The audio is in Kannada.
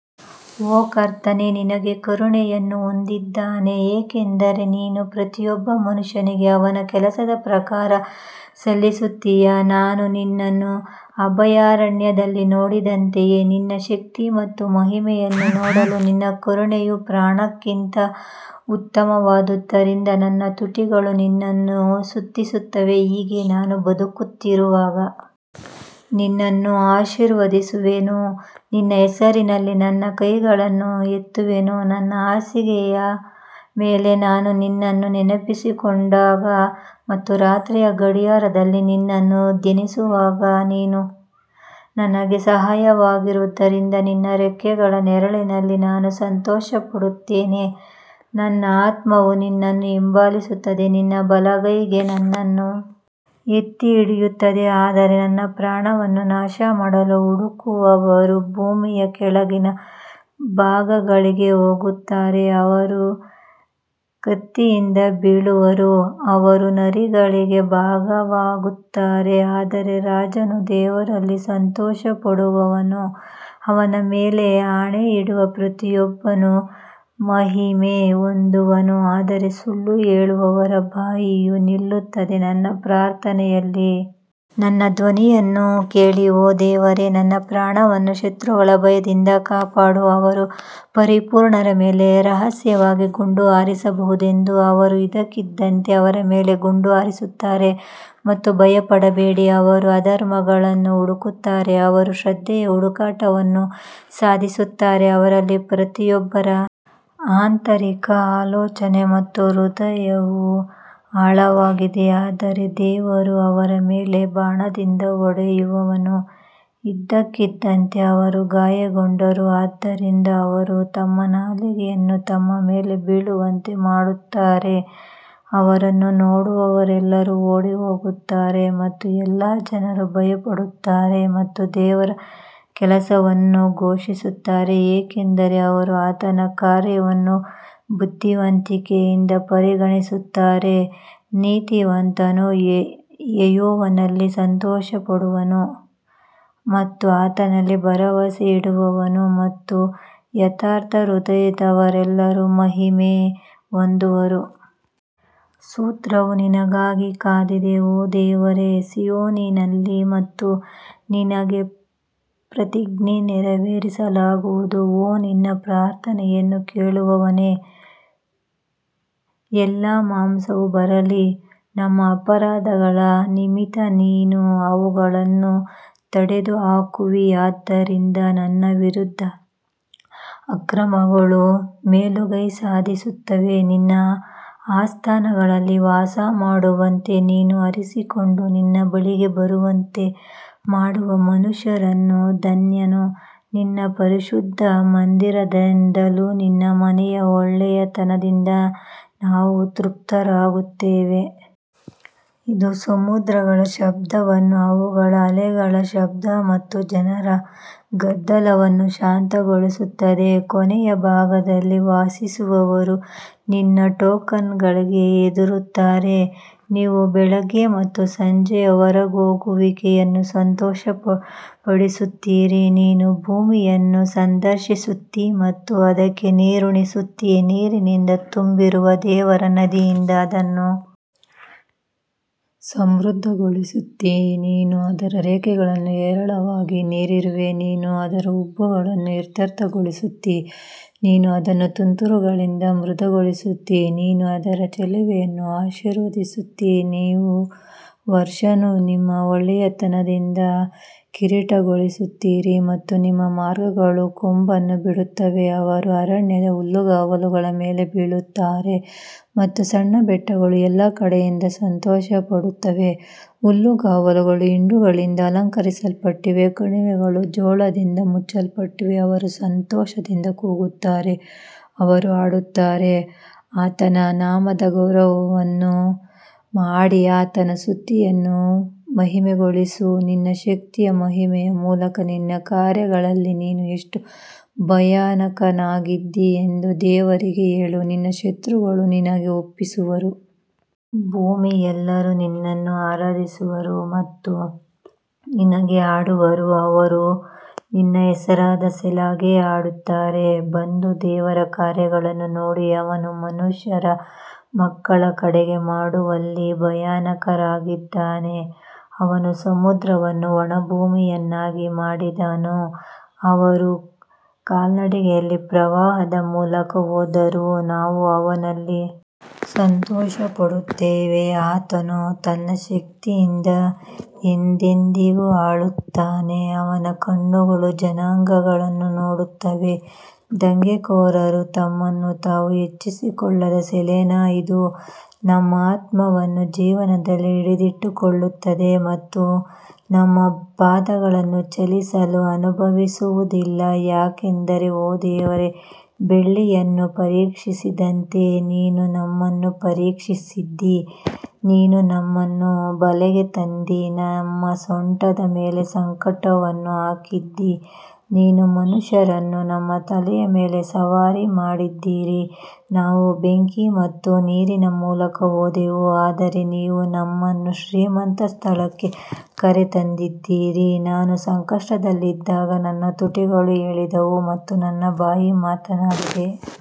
ಓ ಕರ್ತನೇ ನಿನಗೆ ಕರುಣೆಯನ್ನು ಹೊಂದಿದ್ದಾನೆ, ಏಕೆಂದರೆ ನೀನು ಪ್ರತಿಯೊಬ್ಬ ಮನುಷ್ಯನಿಗೆ ಅವನ ಕೆಲಸದ ಪ್ರಕಾರ ಸಲ್ಲಿಸುತ್ತೀಯಾ ನಾನು ನಿನ್ನನ್ನು ಅಭಯಾರಣ್ಯದಲ್ಲಿ ನೋಡಿದಂತೆಯೇ ನಿನ್ನ ಶಕ್ತಿ ಮತ್ತು ಮಹಿಮೆಯನ್ನು ನೋಡಲು ನಿನ್ನ ಕರುಣೆಯು ಪ್ರಾಣಕ್ಕಿಂತ ಉತ್ತಮವಾದುದರಿಂದ ನನ್ನ ತುಟಿಗಳು ನಿನ್ನನ್ನು ಸ್ತುತಿಸುತ್ತವೆ ಹೀಗೆ ನಾನು ಬದುಕಿರುವಾಗ ನಿನ್ನನ್ನು ಆಶೀರ್ವದಿಸುವೆನು ನಿನ್ನ ಹೆಸರಿನಲ್ಲಿ ನನ್ನ ಕೈಗಳನ್ನು ಎತ್ತುವೆನು ನನ್ನ ಹಾಸಿಗೆಯ ಮೇಲೆ ನಾನು ನಿನ್ನನ್ನು ನೆನಪಿಸಿಕೊಂಡಾಗ ಮತ್ತು ರಾತ್ರಿಯ ಗಡಿಯಾರದಲ್ಲಿ ನಿನ್ನನ್ನು ಧ್ಯಾನಿಸುವಾಗ ನೀನು ನನಗೆ ಸಹಾಯವಾಗಿರುವುದರಿಂದ ನಿನ್ನ ರೆಕ್ಕೆಗಳ ನೆರಳಿನಲ್ಲಿ ನಾನು ಸಂತೋಷಪಡುತ್ತೇನೆ ನನ್ನ ಆತ್ಮವು ನಿನ್ನನ್ನು ಹಿಂಬಾಲಿಸುತ್ತದೆ ನಿನ್ನ ಬಲಗೈ ನನ್ನನ್ನು ಎತ್ತಿಹಿಡಿಯುತ್ತದೆ ಆದರೆ ನನ್ನ ಪ್ರಾಣವನ್ನು ನಾಶಮಾಡಲು ಹುಡುಕುವವರು ಭೂಮಿಯ ಕೆಳಗಿನ ಭಾಗಗಳಿಗೆ ಹೋಗುತ್ತಾರೆ ಅವರು ಕತ್ತಿಯಿಂದ ಬೀಳುವರು, ಅವರು ನರಿಗಳಿಗೆ ಭಾಗವಾಗುತ್ತಾರೆ ಆದರೆ ರಾಜನು ದೇವರಲ್ಲಿ ಸಂತೋಷಪಡುವನು, ಅವನ ಮೇಲೆ ಆಣೆಯಿಡುವ ಪ್ರತಿಯೊಬ್ಬನು ಮಹಿಮೆ ಹೊಂದುವನು ಆದರೆ ಸುಳ್ಳು ಹೇಳುವವರ ಬಾಯಿಯು ನಿಲ್ಲುತ್ತದೆ ನನ್ನ ಪ್ರಾರ್ಥನೆಯಲ್ಲಿ ನನ್ನ ಧ್ವನಿಯನ್ನು ಕೇಳಿ ಓ ದೇವರೇ ನನ್ನ ಪ್ರಾಣವನ್ನು ಶತ್ರುಗಳ ಭಯದಿಂದ ಕಾಪಾಡು ಅವರು ಪರಿಪೂರ್ಣರ ಮೇಲೆ ರಹಸ್ಯವಾಗಿ ಗುಂಡು ಹಾರಿಸಬಹುದೆಂದು ಅವರು ಇದ್ದಕ್ಕಿದ್ದಂತೆ ಅವನ ಮೇಲೆ ಗುಂಡು ಹಾರಿಸುತ್ತಾರೆ ಮತ್ತು ಭಯಪಡಬೇಡಿ ಅವರು ಅಧರ್ಮಗಳನ್ನು ಹುಡುಕುತ್ತಾರೆ ಅವರು ಶ್ರದ್ಧೆಯ ಹುಡುಕಾಟವನ್ನು ಸಾಧಿಸುತ್ತಾರೆ ಅವರಲ್ಲಿ ಪ್ರತಿಯೊಬ್ಬರ ಆಂತರಿಕ ಆಲೋಚನೆ ಮತ್ತು ಹೃದಯವು ಆಳವಾಗಿದೆ ಆದರೆ ದೇವರು ಅವರ ಮೇಲೆ ಬಾಣದಿಂದ ಹೊಡೆಯುವನು, ಇದ್ದಕ್ಕಿದ್ದಂತೆ ಅವರು ಗಾಯಗೊಂಡರು ಆದ್ದರಿಂದ ಅವರು ತಮ್ಮ ನಾಲಿಗೆಯನ್ನು ತಮ್ಮ ಮೇಲೆ ಬೀಳುವಂತೆ ಮಾಡುತ್ತಾರೆ, ಅವರನ್ನು ನೋಡುವವರೆಲ್ಲರೂ ಓಡಿಹೋಗುತ್ತಾರೆ ಮತ್ತು ಎಲ್ಲಾ ಜನರು ಭಯಪಡುತ್ತಾರೆ ಮತ್ತು ದೇವರ ಕೆಲಸವನ್ನು ಘೋಷಿಸುತ್ತಾರೆ ಏಕೆಂದರೆ ಅವರು ಆತನ ಕಾರ್ಯವನ್ನು ಬುದ್ಧಿವಂತಿಕೆಯಿಂದ ಪರಿಗಣಿಸುತ್ತಾರೆ ನೀತಿವಂತನು ಯೆಹೋವನಲ್ಲಿ ಸಂತೋಷಪಡುವನು ಮತ್ತು ಆತನಲ್ಲಿ ಭರವಸೆಯಿಡುವನು ಮತ್ತು ಯಥಾರ್ಥ ಹೃದಯದವರೆಲ್ಲರೂ ಮಹಿಮೆ ಹೊಂದುವರು. ಸ್ತೋತ್ರವು ನಿನಗಾಗಿ ಕಾದಿದೆ ಓ ದೇವರೇ ಸಿಯೋನಿನಲ್ಲಿ ಮತ್ತು ನಿನಗೆ ಪ್ರತಿಜ್ಞೆ ನೆರವೇರಿಸಲಾಗುವುದು ಓ ನಿನ್ನ ಪ್ರಾರ್ಥನೆಯನ್ನು ಕೇಳುವವನೇ, ಎಲ್ಲಾ ಮಾಂಸವು ಬರಲಿ ನಮ್ಮ ಅಪರಾಧಗಳ ನಿಮಿತ್ತ ನೀನು ಅವುಗಳನ್ನು ತೊಡೆದುಹಾಕುವಿಯಾದ್ದರಿಂದ ನನ್ನ ವಿರುದ್ಧ ಅಕ್ರಮಗಳು ಮೇಲುಗೈ ಸಾಧಿಸುತ್ತವೆ ನಿನ್ನ ಆಸ್ಥಾನಗಳಲ್ಲಿ ವಾಸಮಾಡುವಂತೆ ನೀನು ಆರಿಸಿಕೊಂಡು ನಿನ್ನ ಬಳಿಗೆ ಬರುವಂತೆ ಮಾಡುವ ಮನುಷ್ಯನು ಧನ್ಯನು, ನಿನ್ನ ಪರಿಶುದ್ಧ ಮಂದಿರದಿಂದಲೂ ನಿನ್ನ ಮನೆಯ ಒಳ್ಳೆಯತನದಿಂದ ನಾವು ತೃಪ್ತರಾಗುತ್ತೇವೆ. ಇದು ಸಮುದ್ರಗಳ ಶಬ್ದವನ್ನು ಅವುಗಳ ಅಲೆಗಳ ಶಬ್ದ ಮತ್ತು ಜನರ ಗದ್ದಲವನ್ನು ಶಾಂತಗೊಳಿಸುತ್ತದೆ ಕೊನೆಯ ಭಾಗಗಳಲ್ಲಿ ವಾಸಿಸುವವರೂ ನಿನ್ನ ಟೋಕನ್ಗಳಿಗೆ ಹೆದರುತ್ತಾರೆ, ನೀವು ಬೆಳಿಗ್ಗೆ ಮತ್ತು ಸಂಜೆಯ ಹೊರಹೋಗುವಿಕೆಯನ್ನು ಸಂತೋಷಪಡಿಸುತ್ತೀರಿ ನೀನು ಭೂಮಿಯನ್ನು ಸಂದರ್ಶಿಸುತ್ತೀ ಮತ್ತು ಅದಕ್ಕೆ ನೀರುಣಿಸುತ್ತೀ, ನೀರಿನಿಂದ ತುಂಬಿರುವ ದೇವರ ನದಿಯಿಂದ ಅದನ್ನು ಸಮೃದ್ಧಗೊಳಿಸುತ್ತೀ ನೀನು ಅದರ ರೇಖೆಗಳನ್ನು ಹೇರಳವಾಗಿ ನೀರಿರುವೆ, ನೀನು ಅದರ ಉಬ್ಬುಗಳನ್ನು ಇತ್ಯರ್ಥಗೊಳಿಸುತ್ತೀ, ನೀನು ಅದನ್ನು ತುಂತುರುಗಳಿಂದ ಮೃದುಗೊಳಿಸುತ್ತೀ, ನೀನು ಅದರ ಚಿಲುಮೆಯನ್ನು ಆಶೀರ್ವದಿಸುತ್ತೀ ನೀವು ವರ್ಷವನ್ನು ನಿಮ್ಮ ಒಳ್ಳೆಯತನದಿಂದ ಕಿರೀಟಗೊಳಿಸುತ್ತೀರಿ ಮತ್ತು ನಿಮ್ಮ ಮಾರ್ಗಗಳು ಕೊಬ್ಬನ್ನು ಬಿಡುತ್ತವೆ ಅವರು ಅರಣ್ಯದ ಹುಲ್ಲುಗಾವಲುಗಳ ಮೇಲೆ ಬೀಳುತ್ತಾರೆ ಮತ್ತು ಸಣ್ಣ ಬೆಟ್ಟಗಳು ಎಲ್ಲಾ ಕಡೆಯಿಂದ ಸಂತೋಷಪಡುತ್ತವೆ ಹುಲ್ಲುಗಾವಲುಗಳು ಹಿಂಡುಗಳಿಂದ ಅಲಂಕರಿಸಲ್ಪಟ್ಟಿವೆ, ಕಣಿವೆಗಳು ಜೋಳದಿಂದ ಮುಚ್ಚಲ್ಪಟ್ಟಿವೆ, ಅವರು ಸಂತೋಷದಿಂದ ಕೂಗುತ್ತಾರೆ, ಅವರು ಹಾಡುತ್ತಾರೆ ಆತನ ನಾಮದ ಗೌರವವನ್ನು ಹಾಡಿ ಆತನ ಸ್ತುತಿಯನ್ನು ಮಹಿಮೆಗೊಳಿಸು ನಿನ್ನ ಶಕ್ತಿಯ ಮಹಿಮೆಯ ಮೂಲಕ ನಿನ್ನ ಕಾರ್ಯಗಳಲ್ಲಿ ನೀನು ಎಷ್ಟು ಭಯಂಕರನಾಗಿದ್ದೀ ಎಂದು ದೇವರಿಗೆ ಹೇಳು ನಿನ್ನ ಶತ್ರುಗಳು ನಿನಗೆ ಒಪ್ಪಿಸುವರು. ಭೂಮಿಯೆಲ್ಲರೂ ನಿನ್ನನ್ನು ಆರಾಧಿಸುವರು ಮತ್ತು ನಿನಗೆ ಹಾಡುವರು ಅವರು ನಿನ್ನ ಹೆಸರಾದ ಸೆಲಾಗೆ ಹಾಡುತ್ತಾರೆ ಬಂದು ದೇವರ ಕಾರ್ಯಗಳನ್ನು ನೋಡಿ ಅವನು ಮನುಷ್ಯರ ಮಕ್ಕಳ ಕಡೆಗೆ ಮಾಡುವಲ್ಲಿ ಭಯಂಕರನಾಗಿದ್ದಾನೆ ಅವನು ಸಮುದ್ರವನ್ನು ಒಣ ಭೂಮಿಯನ್ನಾಗಿ ಮಾಡಿದನು, ಅವರು ಕಾಲ್ನಡಿಗೆಯಲ್ಲಿ ಪ್ರವಾಹದ ಮೂಲಕ ಹೋದರು, ನಾವು ಅವನಲ್ಲಿ ಸಂತೋಷಪಡುತ್ತೇವೆ ಆತನು ತನ್ನ ಶಕ್ತಿಯಿಂದ ಎಂದೆಂದಿಗೂ ಆಳುತ್ತಾನೆ ಅವನ ಕಣ್ಣುಗಳು ಜನಾಂಗಗಳನ್ನು ನೋಡುತ್ತವೆ ದಂಗೆಕೋರರು ತಮ್ಮನ್ನು ತಾವು ಹೆಚ್ಚಿಸಿಕೊಳ್ಳದ ಸೆಲಾ ಇದು ನಮ್ಮ ಆತ್ಮವನ್ನು ಜೀವನದಲ್ಲಿ ಹಿಡಿದಿಟ್ಟುಕೊಳ್ಳುತ್ತದೆ ಮತ್ತು ನಮ್ಮ ಪಾದಗಳನ್ನು ಚಲಿಸಲು ಅನುಭವಿಸುವುದಿಲ್ಲ ಯಾಕಂದರೆ ಓ ದೇವರೇ, ಬೆಳ್ಳಿಯನ್ನು ಪರೀಕ್ಷಿಸಿದಂತೆ ನೀನು ನಮ್ಮನ್ನು ಪರೀಕ್ಷಿಸಿದ್ದೀ ನೀನು ನಮ್ಮನ್ನು ಬಲೆಗೆ ತಂದಿ ನಮ್ಮ ಸೊಂಟದ ಮೇಲೆ ಸಂಕಟವನ್ನು ಹಾಕಿದ್ದೀ ನೀವು ಮನುಷ್ಯರನ್ನು ನಮ್ಮ ತಲೆಯ ಮೇಲೆ ಸವಾರಿ ಮಾಡಿದ್ದೀರಿ ನಾವು ಬೆಂಕಿ ಮತ್ತು ನೀರಿನ ಮೂಲಕ ಹೋದೆವು ಆದರೆ ನೀವು ನಮ್ಮನ್ನು ಶ್ರೀಮಂತ ಸ್ಥಳಕ್ಕೆ ಕರೆತಂದಿದ್ದೀರಿ ನಾನು ಕಷ್ಟದಲ್ಲಿದ್ದಾಗ ನನ್ನ ತುಟಿಗಳು ಹೇಳಿದವು ಮತ್ತು ನನ್ನ ಬಾಯಿ ಮಾತನಾಡಿದೆ.